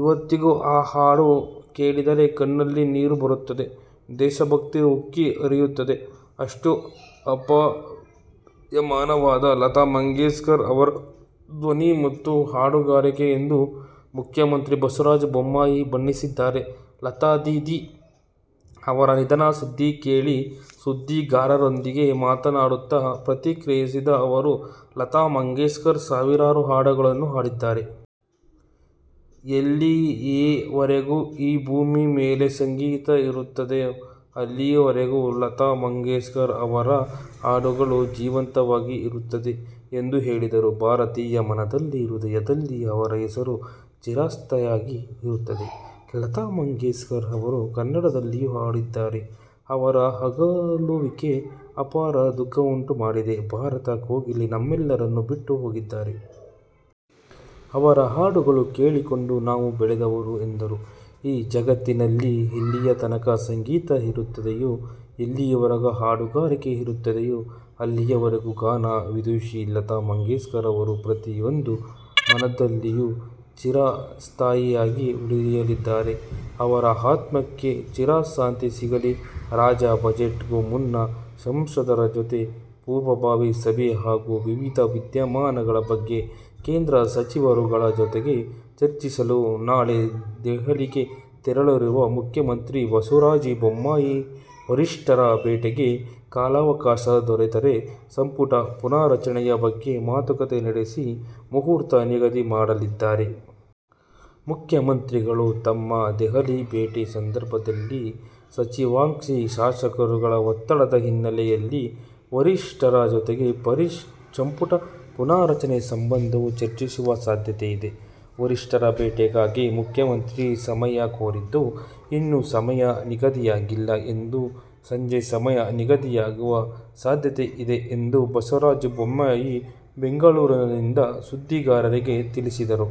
ಇವತ್ತಿಗೂ ಆ ಹಾಡು ಕೇಳಿದರೆ ಕಣ್ಣಲ್ಲಿ ನೀರು ಬರುತ್ತದೆ, ದೇಶಭಕ್ತಿ ಉಕ್ಕಿ ಹರಿಯುತ್ತದೆ. ಅಷ್ಟು ಅಪ್ಯಾಯಮಾನವಾದ ಲತಾ ಮಂಗೇಶ್ಕರ್ ಅವರ ಧ್ವನಿ ಮತ್ತು ಹಾಡುಗಾರಿಕೆ ಎಂದು ಮುಖ್ಯಮಂತ್ರಿ ಬಸವರಾಜ ಬೊಮ್ಮಾಯಿ ಬಣ್ಣಿಸಿದ್ದಾರೆ. ಲತಾ ದೀದಿ ಅವರ ನಿಧನ ಸುದ್ದಿ ಕೇಳಿ ಸುದ್ದಿಗಾರರೊಂದಿಗೆ ಮಾತನಾಡುತ್ತಾ ಪ್ರತಿಕ್ರಿಯಿಸಿದ ಅವರು, ಲತಾ ಮಂಗೇಶ್ಕರ್ ಸಾವಿರಾರು ಹಾಡುಗಳನ್ನು ಹಾಡಿದ್ದಾರೆ. ಎಲ್ಲಿಯವರೆಗೂ ಈ ಭೂಮಿ ಮೇಲೆ ಸಂಗೀತ ಇರುತ್ತದೋ ಅಲ್ಲಿಯವರೆಗೂ ಲತಾ ಮಂಗೇಶ್ಕರ್ ಅವರ ಹಾಡುಗಳು ಜೀವಂತವಾಗಿ ಇರುತ್ತದೆ ಎಂದು ಹೇಳಿದರು. ಭಾರತೀಯರ ಮನದಲ್ಲಿ, ಹೃದಯದಲ್ಲಿ ಅವರ ಹೆಸರು ಚಿರಸ್ಥಾಯಿಯಾಗಿ ಇರುತ್ತದೆ. ಲತಾ ಮಂಗೇಶ್ಕರ್ ಅವರು ಕನ್ನಡದಲ್ಲಿಯೂ ಹಾಡಿದ್ದಾರೆ. ಅವರ ಅಗಲುವಿಕೆ ಅಪಾರ ದುಃಖವನ್ನುಂಟುಮಾಡಿದೆ. ಭಾರತದ ಕೋಗಿಲೆ ನಮ್ಮೆಲ್ಲರನ್ನೂ ಬಿಟ್ಟುಹೋಗಿದ್ದಾರೆ. ಅವರ ಹಾಡುಗಳನ್ನು ಕೇಳಿಕೊಂಡು ನಾವು ಬೆಳೆದವರು ಎಂದರು. ಈ ಜಗತ್ತಿನಲ್ಲಿ ಎಲ್ಲಿಯತನಕ ಸಂಗೀತ ಇರುತ್ತದೆಯೋ, ಎಲ್ಲಿಯವರೆಗೂ ಹಾಡುಗಾರಿಕೆ ಇರುತ್ತದೆಯೋ, ಅಲ್ಲಿಯವರೆಗೂ ಗಾನ ವಿದುಷಿ ಲತಾ ಮಂಗೇಶ್ಕರ್ ಅವರು ಪ್ರತಿಯೊಬ್ಬರ ಮನದಲ್ಲಿಯೂ ಚಿರಸ್ಥಾಯಿಯಾಗಿ ಉಳಿಯಲಿದ್ದಾರೆ. ಅವರ ಆತ್ಮಕ್ಕೆ ಚಿರಶಾಂತಿ ಸಿಗಲಿ. ರಾಜ್ಯ ಬಜೆಟ್ ಗೂ ಮುನ್ನ ಸಂಸದರ ಜೊತೆ ಪೂರ್ವಭಾವಿ ಸಭೆ ಹಾಗೂ ವಿವಿಧ ವಿದ್ಯಮಾನಗಳ ಬಗ್ಗೆ ಕೇಂದ್ರ ಸಚಿವರುಗಳ ಜೊತೆಗೆ ಚರ್ಚಿಸಲು ನಾಳೆ ದೆಹಲಿಗೆ ತೆರಳಲಿರುವ ಮುಖ್ಯಮಂತ್ರಿ ಬಸವರಾಜ ಬೊಮ್ಮಾಯಿ, ವರಿಷ್ಠರ ಭೇಟಿಗೆ ಕಾಲಾವಕಾಶ ದೊರೆತರೆ ಸಂಪುಟ ಪುನಾರಚನೆಯ ಬಗ್ಗೆ ಮಾತುಕತೆ ನಡೆಸಿ, ಮುಹೂರ್ತ ನಿಗದಿ ಮಾಡಲಿದ್ದಾರೆ. ಮುಖ್ಯಮಂತ್ರಿಗಳು ತಮ್ಮ ದೆಹಲಿ ಭೇಟಿ ಸಂದರ್ಭದಲ್ಲಿ ಸಚಿವಾಕಾಂಕ್ಷಿ ಶಾಸಕರುಗಳ ಒತ್ತಡದ ಹಿನ್ನೆಲೆಯಲ್ಲಿ ವರಿಷ್ಠರ ಜೊತೆಗೆ ಸಂಪುಟ ಪುನಾರಚನೆ ಸಂಬಂಧವೂ ಚರ್ಚಿಸುವ ಸಾಧ್ಯತೆಯಿದೆ. ವರಿಷ್ಠರ ಭೇಟಿಗಾಗಿ ಮುಖ್ಯಮಂತ್ರಿ ಸಮಯ ಕೋರಿದ್ದು, ಇನ್ನೂ ಸಮಯ ನಿಗದಿಯಾಗಿಲ್ಲ. ಇಂದು ಸಂಜೆ ಸಮಯ ನಿಗದಿಯಾಗುವ ಸಾಧ್ಯತೆಯಿದೆ ಎಂದು ಬಸವರಾಜ ಬೊಮ್ಮಾಯಿ ಬೆಂಗಳೂರಿನಲ್ಲಿಂದು ಸುದ್ದಿಗಾರರಿಗೆ ತಿಳಿಸಿದರು.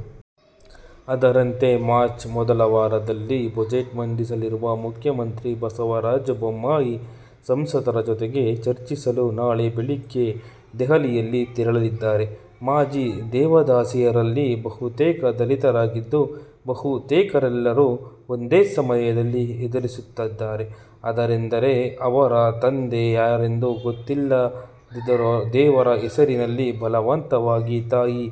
ಅದರಂತೆ ಮಾರ್ಚ್ ಮೊದಲ ವಾರದಲ್ಲಿ ಬಜೆಟ್ ಮಂಡಿಸಲಿರುವ ಮುಖ್ಯಮಂತ್ರಿ ಬಸವರಾಜ ಬೊಮ್ಮಾಯಿ ಸಂಸದರ ಜೊತೆಗೆ ಚರ್ಚಿಸಲು ನಾಳೆ ಬೆಳಗ್ಗೆ ದೆಹಲಿಗೆ ತೆರಳಲಿದ್ದಾರೆ. ಮಾಜಿ ದೇವದಾಸಿಯರಲ್ಲಿ ಬಹುತೇಕರು ದಲಿತರಾಗಿದ್ದು ಬಹುತೇಕರೆಲ್ಲರೂ ಒಂದೇ ಸಮಸ್ಯೆಯನ್ನು ಎದುರಿಸುತ್ತಿದ್ದಾರೆ. ಅದೆಂದರೆ ಅವರ ತಂದೆ ಯಾರೆಂದು ಗೊತ್ತಿಲ್ಲದಿರುವುದು. ದೇವರ ಹೆಸರಿನಲ್ಲಿ ಬಲವಂತವಾಗಿ ತಾಯಿ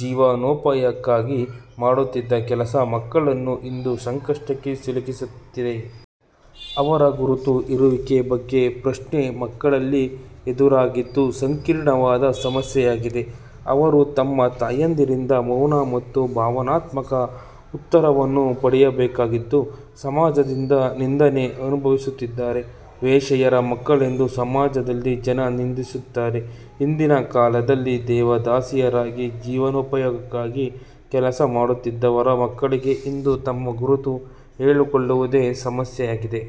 ಜೀವನೋಪಾಯಕ್ಕಾಗಿ ಮಾಡುತ್ತಿದ್ದ ಕೆಲಸ ಮಕ್ಕಳನ್ನು ಇಂದು ಸಂಕಷ್ಟಕ್ಕೆ ಸಿಲುಕಿಸುತ್ತಿದೆ. ಅವರ ಗುರುತು, ಇರುವಿಕೆ ಬಗ್ಗೆ ಪ್ರಶ್ನೆ ಮಕ್ಕಳಲ್ಲಿ ಎದುರಾಗಿದ್ದು ಸಂಕೀರ್ಣವಾದ ಸಮಸ್ಯೆಯಾಗಿದೆ. ಅವರು ತಮ್ಮ ತಾಯಂದಿರಿಂದ ಮೌನ ಮತ್ತು ಭಾವನಾತ್ಮಕ ಉತ್ತರವನ್ನು ಪಡೆಯಬೇಕಾಗಿದ್ದು ಸಮಾಜದಿಂದ ನಿಂದನೆ ಅನುಭವಿಸುತ್ತಿದ್ದಾರೆ. ವೇಶ್ಯಯರ ಮಕ್ಕಳೆಂದು ಸಮಾಜದಲ್ಲಿ ಜನ ನಿಂದಿಸುತ್ತಾರೆ. ಹಿಂದಿನ ಕಾಲದಲ್ಲಿ ದೇವದಾಸಿಯರಾಗಿ ಜೀವನೋಪಾಯಕ್ಕಾಗಿ ಕೆಲಸ ಮಾಡುತ್ತಿದ್ದವರ ಮಕ್ಕಳಿಗೆ ಇಂದು ತಮ್ಮ ಗುರುತು ಹೇಳಿಕೊಳ್ಳುವುದೇ ಸಮಸ್ಯೆಯಾಗಿದೆ.